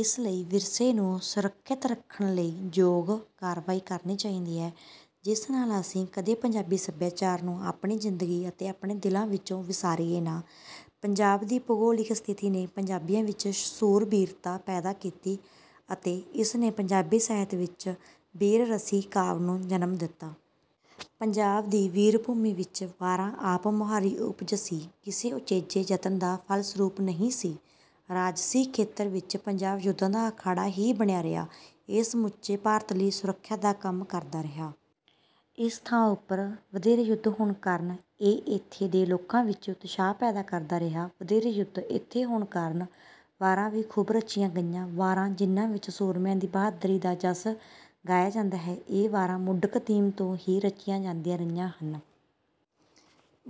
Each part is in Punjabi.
ਇਸ ਲਈ ਵਿਰਸੇ ਨੂੰ ਸੁਰੱਖਿਅਤ ਰੱਖਣ ਲਈ ਯੋਗ ਕਾਰਵਾਈ ਕਰਨੀ ਚਾਹੀਦੀ ਹੈ, ਜਿਸ ਨਾਲ ਅਸੀਂ ਕਦੇ 'ਪੰਜਾਬੀ ਸੱਭਿਆਚਾਰ' ਨੂੰ ਆਪਣੀ ਜ਼ਿੰਦਗੀ ਅਤੇ ਆਪਣੇ ਦਿਲਾਂ ਵਿੱਚੋਂ ਵਿਸਾਰੀਏ ਨਾ। ਪੰਜਾਬ ਦੀ ਭੂਗੋਲਿਕ ਸਥਿਤੀ ਨੇ ਪੰਜਾਬੀਆਂ ਵਿੱਚ ਸ਼ੂਰਬੀਰਤਾ ਪੈਦਾ ਕੀਤੀ, ਅਤੇ ਇਸ ਨੇ ਪੰਜਾਬੀ ਸਾਹਿਤ ਵਿੱਚ ਬੀਰ-ਰਸੀ ਕਾਵਿ ਨੂੰ ਜਨਮ ਦਿੱਤਾ। ਪੰਜਾਬ ਦੀ ਵੀਰ-ਭੂਮੀ ਵਿੱਚ 'ਵਾਰਾਂ' ਆਪ-ਮੁਹਾਰੀ ਉਪਜ ਸੀ, ਕਿਸੇ ਉਚੇਚੇ ਜਤਨ ਦਾ ਫਲਸਰੂਪ ਨਹੀਂ ਸੀ। ਰਾਜਸੀ ਖੇਤਰ ਵਿੱਚ ਪੰਜਾਬ ਜੁੱਧਾਂ ਦਾ ਅਖਾੜਾ ਹੀ ਬਣਿਆ ਰਿਹਾ, ਇਹ ਸਮੁੱਚੇ ਭਾਰਤ ਲਈ ਸੁਰੱਖਿਆ ਦਾ ਕੰਮ ਕਰਦਾ ਰਿਹਾ। ਇਸ ਥਾਂ ਉੱਪਰ ਵਧੇਰੇ ਜੁੱਧ ਹੋਣ ਕਾਰਨ ਇਹ ਇੱਥੇ ਦੇ ਲੋਕਾਂ ਵਿੱਚ ਉਤਸ਼ਾਹ ਪੈਦਾ ਕਰਦਾ ਰਿਹਾ। ਵਧੇਰੇ ਜੁੱਧ ਇੱਥੇ ਹੋਣ ਕਾਰਨ ਵਾਰਾਂ ਵੀ ਖੂਬ ਰਚੀਆਂ ਗਈਆਂ। ਵਾਰਾਂ, ਜਿਹਨਾਂ ਵਿੱਚ ਸੂਰਮਿਆਂ ਦੀ ਬਹਾਦਰੀ ਦਾ ਜਸ ਗਾਇਆ ਜਾਂਦਾ ਹੈ, ਇਹ ਵਾਰਾਂ ਮੁੱਢ-ਕਦੀਮ ਤੋਂ ਹੀ ਰਚੀਆਂ ਜਾਂਦੀਆਂ ਰਹੀਆਂ ਹਨ।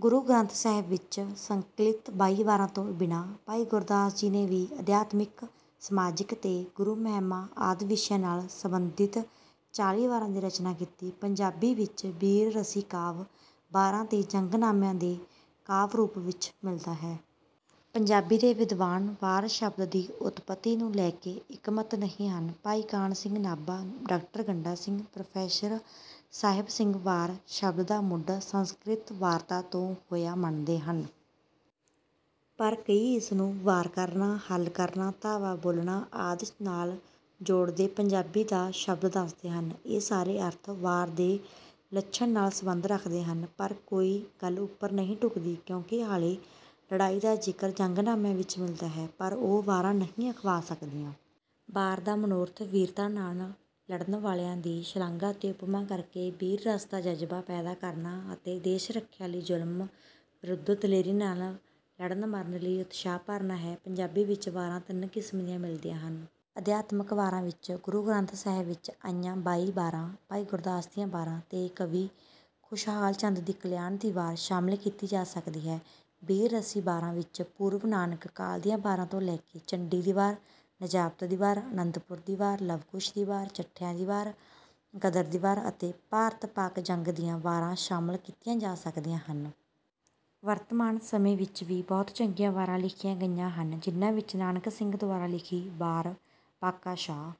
ਗੁਰੂ ਗ੍ਰੰਥ ਸਾਹਿਬ ਵਿੱਚ ਸੰਕਲਿਤ ਬਾਈ ਵਾਰਾਂ ਤੋਂ ਬਿਨਾਂ ਭਾਈ ਗੁਰਦਾਸ ਜੀ ਨੇ ਵੀ ਅਧਿਆਤਮਿਕ, ਸਮਾਜਿਕ ਤੇ ਗੁਰੂ-ਮਹਿਮਾ ਆਦਿ ਵਿਸ਼ਿਆਂ ਨਾਲ ਸੰਬੰਧਿਤ ਚਾਲੀ ਵਾਰਾਂ ਦੀ ਰਚਨਾ ਕੀਤੀ। ਪੰਜਾਬੀ ਵਿੱਚ ਬੀਰ-ਰਸੀ ਕਾਵਿ, ਵਾਰਾਂ ਤੇ ਜੰਗਨਾਮਿਆਂ ਦੇ ਕਾਵਿ-ਰੂਪਾਂ ਵਿੱਚ ਮਿਲਦਾ ਹੈ। ਪੰਜਾਬੀ ਦੇ ਵਿਦਵਾਨ 'ਵਾਰ' ਸ਼ਬਦ ਦੀ ਉਤਪੱਤੀ ਨੂੰ ਲੈ ਕੇ ਇੱਕਮਤ ਨਹੀਂ ਹਨ। ਭਾਈ ਕਾਨ੍ਹ ਸਿੰਘ ਨਾਭਾ, ਡਾਕਟਰ ਗੰਡਾ ਸਿੰਘ, ਪ੍ਰੋਫੈਸਰ ਸਾਹਿਬ ਸਿੰਘ 'ਵਾਰ' ਸ਼ਬਦ ਦਾ ਮੁੱਢ ਸੰਸਕ੍ਰਿਤ 'ਵਾਰਤਾ' ਤੋਂ ਹੋਇਆ ਮੰਨਦੇ ਹਨ। ਪਰ ਕਈ ਇਸਨੂੰ 'ਵਾਰ ਕਰਨਾ', 'ਹੱਲਾ ਕਰਨਾ', 'ਧਾਵਾ ਬੋਲਣਾ' ਆਦਿ ਨਾਲ ਜੋੜਦੇ ਪੰਜਾਬੀ ਦਾ ਸ਼ਬਦ ਦੱਸਦੇ ਹਨ। ਇਹ ਸਾਰੇ ਅਰਥ 'ਵਾਰ' ਦੇ ਲੱਛਣ ਨਾਲ ਸੰਬੰਧ ਰੱਖਦੇ ਹਨ, ਪਰ ਕੋਈ ਗੱਲ ਉੱਪਰ ਨਹੀਂ ਢੁਕਦੀ, ਕਿਉਂਕਿ ਹਾਲੇ ਲੜਾਈ ਦਾ ਜ਼ਿਕਰ ਜੰਗਨਾਮਿਆਂ ਵਿੱਚ ਮਿਲਦਾ ਹੈ, ਪਰ ਉਹ ਵਾਰਾਂ ਨਹੀਂ ਅਖਵਾ ਸਕਦੀਆਂ। ਵਾਰ ਦਾ ਮਨੋਰਥ ਬੀਰਤਾ ਨਾਲ ਲੜਨ ਵਾਲਿਆਂ ਦੀ ਸ਼ਲਾਘਾ ਅਤੇ ਉਪਮਾ ਕਰ ਕੇ ਬੀਰ-ਰਸ ਦਾ ਜਜ਼ਬਾ ਪੈਦਾ ਕਰਨਾ ਅਤੇ ਦੇਸ਼-ਰੱਖਿਆ ਲਈ ਜਾਂ ਜ਼ੁਲਮ ਵਿਰੁੱਧ ਦਲੇਰੀ ਨਾਲ ਲੜਨ-ਮਰਨ ਲਈ ਉਤਸ਼ਾਹ ਭਰਨਾ ਹੈ। ਪੰਜਾਬੀ ਵਿੱਚ ਵਾਰਾਂ ਤਿੰਨ ਕਿਸਮ ਦੀਆਂ ਮਿਲਦੀਆਂ ਹਨ। ਅਧਿਆਤਮਕ ਵਾਰਾਂ ਵਿੱਚ ਗੁਰੂ ਗ੍ਰੰਥ ਸਾਹਿਬ ਵਿੱਚ ਆਈਆਂ ਬਾਈ ਵਾਰਾਂ, ਭਾਈ ਗੁਰਦਾਸ ਦੀਆਂ ਵਾਰਾਂ ਤੇ ਕਵੀ ਖੁਸ਼ਹਾਲ ਚੰਦ ਦੀ 'ਕਲਿਆਨ ਦੀ ਵਾਰ' ਸ਼ਾਮਿਲ ਕੀਤੀ ਜਾ ਸਕਦੀ ਹੈ। ਬੀਰ-ਰਸੀ ਵਾਰਾਂ ਵਿੱਚ ਪੂਰਵ-ਨਾਨਕ ਕਾਲ ਦੀਆਂ ਵਾਰਾਂ ਤੋਂ ਲੈ ਕੇ 'ਚੰਡੀ ਦੀ ਵਾਰ', 'ਨਜਾਬਤ ਦੀ ਵਾਰ', 'ਅਨੰਦਪੁਰ ਦੀ ਵਾਰ', 'ਲਵ-ਕੁਸ਼ ਦੀ ਵਾਰ', 'ਚੱਠਿਆਂ ਦੀ ਵਾਰ', 'ਗਦਰ ਦੀ ਵਾਰ', ਅਤੇ 'ਭਾਰਤ-ਪਾਕ ਜੰਗ ਦੀਆਂ ਵਾਰਾਂ' ਸ਼ਾਮਲ ਕੀਤੀਆਂ ਜਾ ਸਕਦੀਆਂ ਹਨ। ਵਰਤਮਾਨ ਸਮੇਂ ਵਿੱਚ ਵੀ ਬਹੁਤ ਚੰਗੀਆਂ ਵਾਰਾਂ ਲਿਖੀਆਂ ਗਈਆਂ ਹਨ, ਜਿਹਨਾਂ ਵਿੱਚ ਨਾਨਕ ਸਿੰਘ ਦੁਆਰਾ ਲਿਖੀ 'ਵਾਰ ਬਾਂਕਾ ਸ਼ਾਹ'